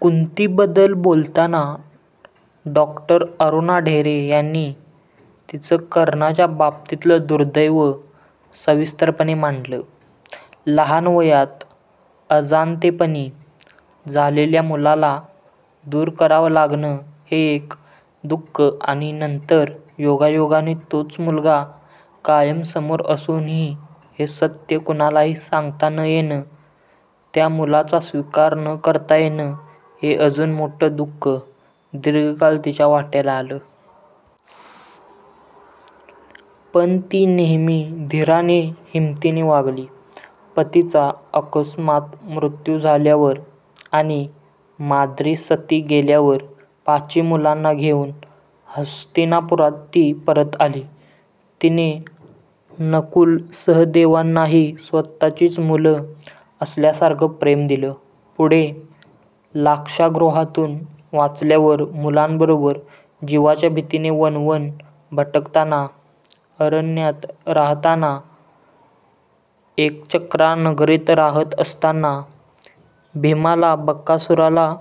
कुंतीबद्दल बोलताना डॉ. अरुणा ढेरे यांनी तिचं कर्णाच्या बाबतीतलं दुर्दैव सविस्तरपणे मांडलं. लहान वयात अजाणतेपणी झालेल्या मुलाला दूर करावं लागणं हे एक दु:ख आणि नंतर योगायोगाने तोच मुलगा कायम समोर असूनही हे सत्य कुणालाही सांगता न येणं, त्या मुलाचा स्वीकार न करता येणं हे अजून मोठं दु:ख दीर्घकाळ तिच्या वाट्याला आलं. पण ती नेहमी धीराने, हिमतीने वागली. पतीचा अकस्मात मृत्यू झाल्यावर आणि माद्री सती गेल्यावर पाची मुलांना घेऊन हस्तिनापुरात ती परत आली. तिने नकुल-सहदेवांनाही स्वतःचीच मुलं असल्यासारखं प्रेम दिलं. पुढे लाक्षागृहातून वाचल्यावर मुलांबरोबर जिवाच्या भीतीने वणवण भटकताना, अरण्यात राहताना, एकचक्रा नगरीत रहात असताना भीमाला बकासुराला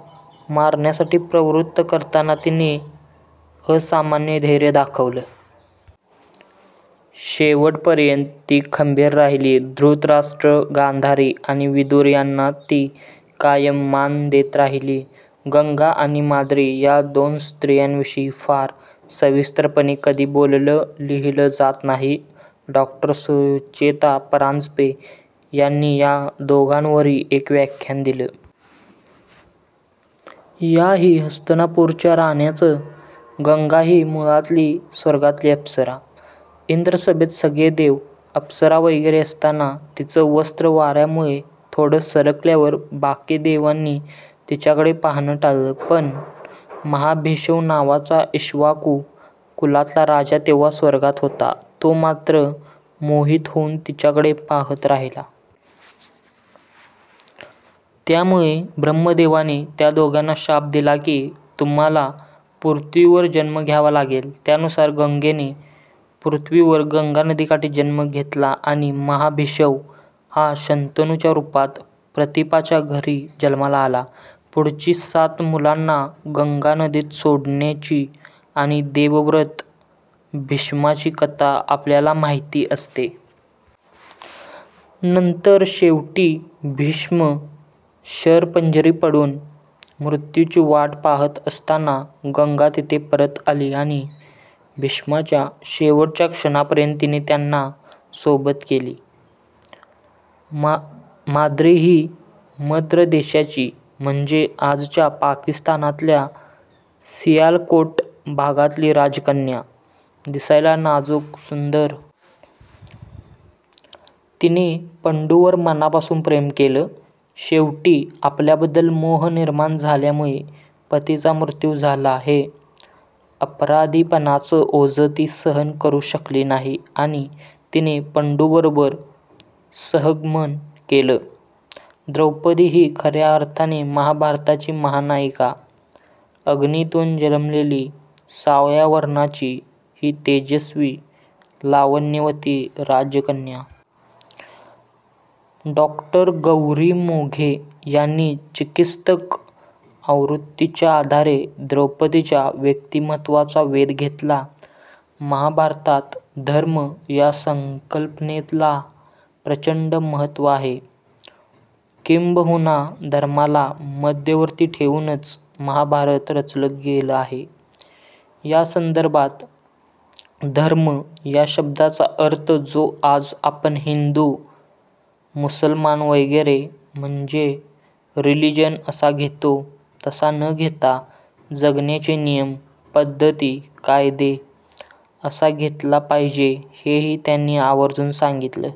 मारण्यासाठी प्रवृत्त करताना तिने असामान्य धैर्य दाखवलं. शेवटपर्यंत ती खंबीर राहिली. धृतराष्ट्र, गांधारी आणि विदुर यांना ती कायम मान देत राहिली. गंगा आणि माद्री या दोन स्त्रियांविषयी फार सविस्तरपणे कधी बोललं, लिहिलं जात नाही. डॉ. सुचेता परांजपे यांनी या दोघींवरही एक व्याख्यान दिलं. याही हस्तिनापूरच्या राण्याच. गंगा ही मुळातली स्वर्गातली अप्सरा. इंद्रसभेत सगळे देव, अप्सरा वगैरे असताना तिचं वस्त्र वार्यामुळे थोडं सरकल्यावर बाकी देवांनी तिच्याकडे पाहणं टाळलं, पण महाभिषव नावाचा ईक्ष्वाकु कुलातला राजा तेव्हा स्वर्गात होता, तो मात्र मोहित होऊन तिच्याकडे पहात राहिला. त्यामुळे ब्रह्मदेवाने त्या दोघांना शाप दिला की तुम्हाला पृथ्वीवर जन्म घ्यावा लागेल. त्यानुसार गंगेने पृथ्वीवर गंगा नदीकाठी जन्म घेतला आणि महाभिषव हा शंतनूच्या रूपात प्रतीपाच्या घरी जन्माला आला. पुढची सात मुलांना गंगा नदीत सोडण्याची आणि देवव्रत भीष्मांची कथा आपल्याला माहिती असते. नंतर शेवटी भीष्म शरपंजरी पडून मृत्यूची वाट पहात असताना गंगा तिथे परत आली आणि भीष्मांच्या शेवटच्या क्षणापर्यंत तिने त्यांना सोबत केली. माद्री ही मद्र देशाची, म्हणजे आजच्या पाकिस्तानातल्या सियालकोट भागातली राजकन्या. दिसायला नाजूक, सुंदर. तिने पंडूवर मनापासून प्रेम केलं. शेवटी आपल्याबद्दल मोह निर्माण झाल्यामुळे पतीचा मृत्यू झाला हे अपराधीपणाचं ओझं ती सहन करू शकली नाही आणि तिने पंडूबरोबर सहगमन केलं. द्रौपदी ही खर्या अर्थाने महाभारताची महानायिका. अग्नीतून जन्मलेली, सावळ्या वर्णाची ही तेजस्वी, लावण्यवती राजकन्या. डॉ. गौरी मोघे यांनी चिकित्सक आवृत्तीच्या आधारे द्रौपदीच्या व्यक्तिमत्त्वाचा वेध घेतला. महाभारतात 'धर्म' या संकल्पनेला प्रचंड महत्त्व आहे. किंबहुना धर्माला मध्यवर्ती ठेवूनच महाभारत रचलं गेलं आहे. या संदर्भात 'धर्म' या शब्दाचा अर्थ जो आज आपण हिंदू, मुसलमान वगैरे, म्हणजे 'रिलीजन' असा घेतो, तसा न घेता 'जगण्याचे नियम, पद्धती, कायदे' असा घेतला पाहिजे हेही त्यांनी आवर्जून सांगितलं.